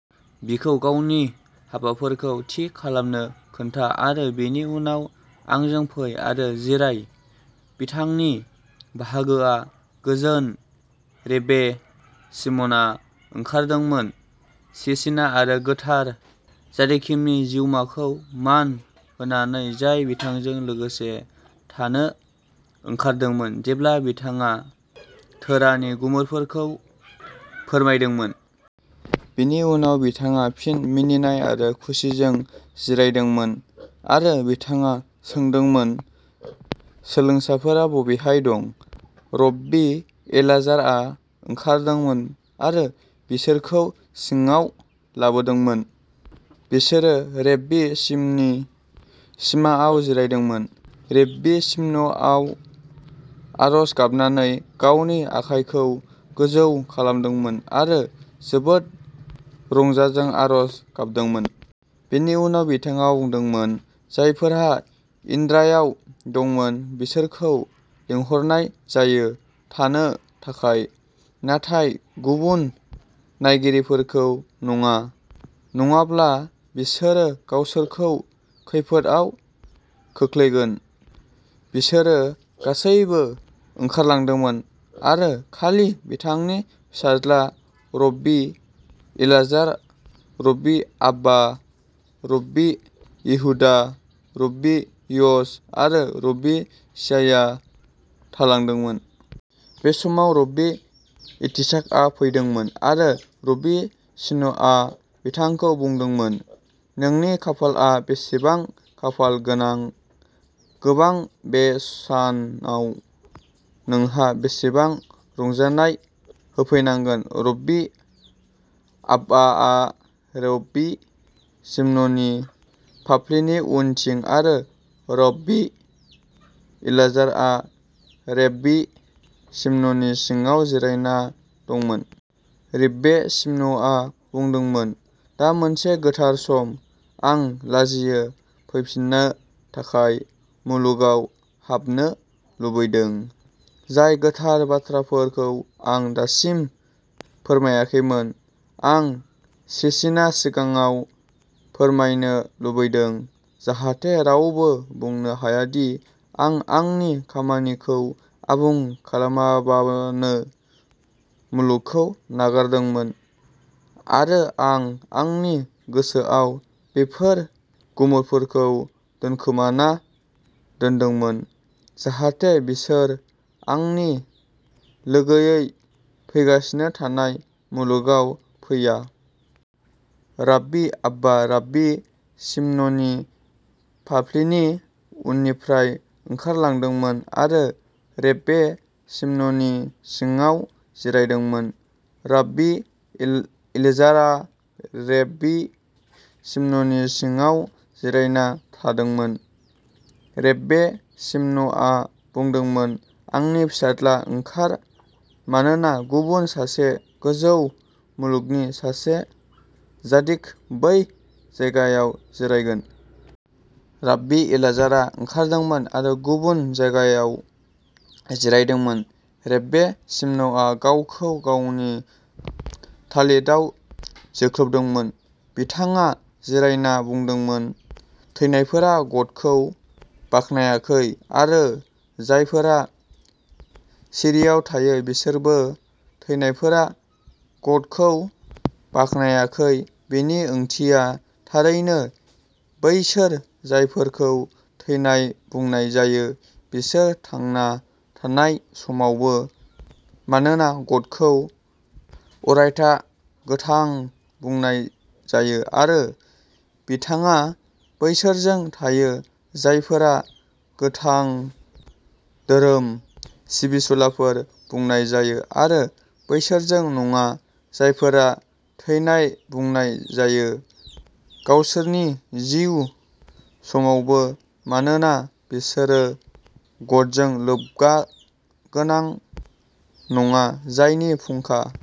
बिखौ गावनि हाबाफोरखौ थि खालामनो खोन्था आरो बिनि उनाव आंजों फै आरो जिराय। बिथांनि बाहागोआ गोजोन, रेब्बे शिम'नआ ओंखारदोंमोन शेचिना आरो गोथार जादिकिमनि जिउमाखौ मान होनानै जाय बिथांजों लोगोसे थानो ओंखारदोंमोन जेब्ला बिथाङा तोराहनि गुमुरफोरखौ फोरमायदोंमोन। बिनि उनाव बिथाङा फिन मिनिनाय आरो खुसिजों जिरायदोंमोन आरो बिथाङा सोंदोंमोन, सोलोंसाफोरा बबेहाय दं? रब्बी एलाजारआ ओंखारदोंमोन आरो बिसोरखौ सिङाव लाबोदोंमोन। बिसोरो रेब्बे शिम'ननि सिगाङाव जिरायदोंमोन। रेब्बे शिम'नआ आर'ज गाबनानै गावनि आखाइखौ गोजौ खालामदोंमोन आरो जोबोद रंजाजों आर'ज गाबदोंमोन। बेनि उनाव बिथाङा बुंदोंमोन, जायफोरा इद्रायाव दंमोन बिसोरखौ लिंहरनाय जायो थानो थाखाय, नाथाय गुबुन नायगिरिफोरखौ नङा, नङाब्ला बिसोरो गावसोरखौ खैफोदआव खोख्लैगोन। बिसोरो गासैबो ओंखारलांदोंमोन आरो खालि बिथांनि फिसाज्ला रब्बी एलाजार, रब्बी आब्बा, रब्बी येहुदा, रब्बी य'स आरो रब्बी चियाया थालांदोंमोन। बे समावनो, रब्बी यित्जचाकआ फैदोंमोन, आरो रब्बी शिम'नआ बिथांखौ बुंदोंमोन, नोंनि खाफालआ बेसेबां खाफाल गोनां गोबां बे सानाव नोंहा बेसेबां रंजानाय होफानांगोन राब्बी आब्बाआ रेब्बे शिमननि फाफ्लिनि उनथिं आरो राब्बी एलाजारआ रेब्बे शिमननि सिगाङाव जिरायना दंमोन। रेब्बे शिम'नआ बुंदोंमोन, दा मोनसे गोथार सम। आं लाजियै फैफिननो थाखाय मुलुगाव हाबनो लुबैदों। जाय गोथार बाथ्राफोरखौ आं दासिम फोरमायाखैमोन, आं शेचिना सिगाङाव फोरमायनो लुबैदों, जाहाथे रावबो बुंनो हाया दि आं आंनि खामानिखौ आबुं खालामालाबानो मुलुगखौ नागारदोंमोन आरो आं आंनि गोसोआव बेफोर गुमुरफोरखौ दोनखोमाना दोनदोंमोन, जाहाथे बिसोर आंनि लोगोयै फैगासिनो थानाय मुलुगाव फैयो। राब्बी आब्बा राब्बी शिमननि फाफ्लिनि उननिफ्राय ओंखारलांदोंमोन आरो रेब्बे शिमननि सिगाङाव जिरायदोंमोन। राब्बी एलाजारआ रेब्बे शिमननि सिगाङाव जिरायना थादोंमोन। रेब्बे शिम'नआ बुंदोंमोन, आंनि फिसाज्ला, ओंखार, मानोना गुबुन सासे गोजौ मुलुगनि सासे जादिक बै जायगायाव जिरायगोन। राब्बी एलाजारआ ओंखारदोंमोन आरो गुबुन जायगायाव जिरायदोंमोन। रेब्बे शिम'नआ गावखौ गावनि तालितआव जोख्लोबदोंमोन। बिथाङा जिरायना बुंदोंमोन थैनायफोरा गदखौ बाख्नायाखै आरो जायफोरा सिरिआव थाङो बिसोरबो। थैनायफोरा ग-दखौ बाख्नायाखै बेनि ओंथिया थारैनो बैसोर जायफोरखौ थैनाय बुंनाय जायो बिसोर थांना थानाय समावबो, मानोना ग-दखौ अरायथा गोथां बुंनाय जायो आरो बिथाङा बैसोरजों थायो जायफोरा'गोथां'धोरोम सिबिसुलाफोर बुंनाय जायो आरो बैसोरजों नङा जायफोरा 'थैनाय' बुंनाय जायो गावसोरनि जिउ समावबो, मानोना बिसोरो ग-दजों लोब्बागोनां नङा, जायनि फुंखा।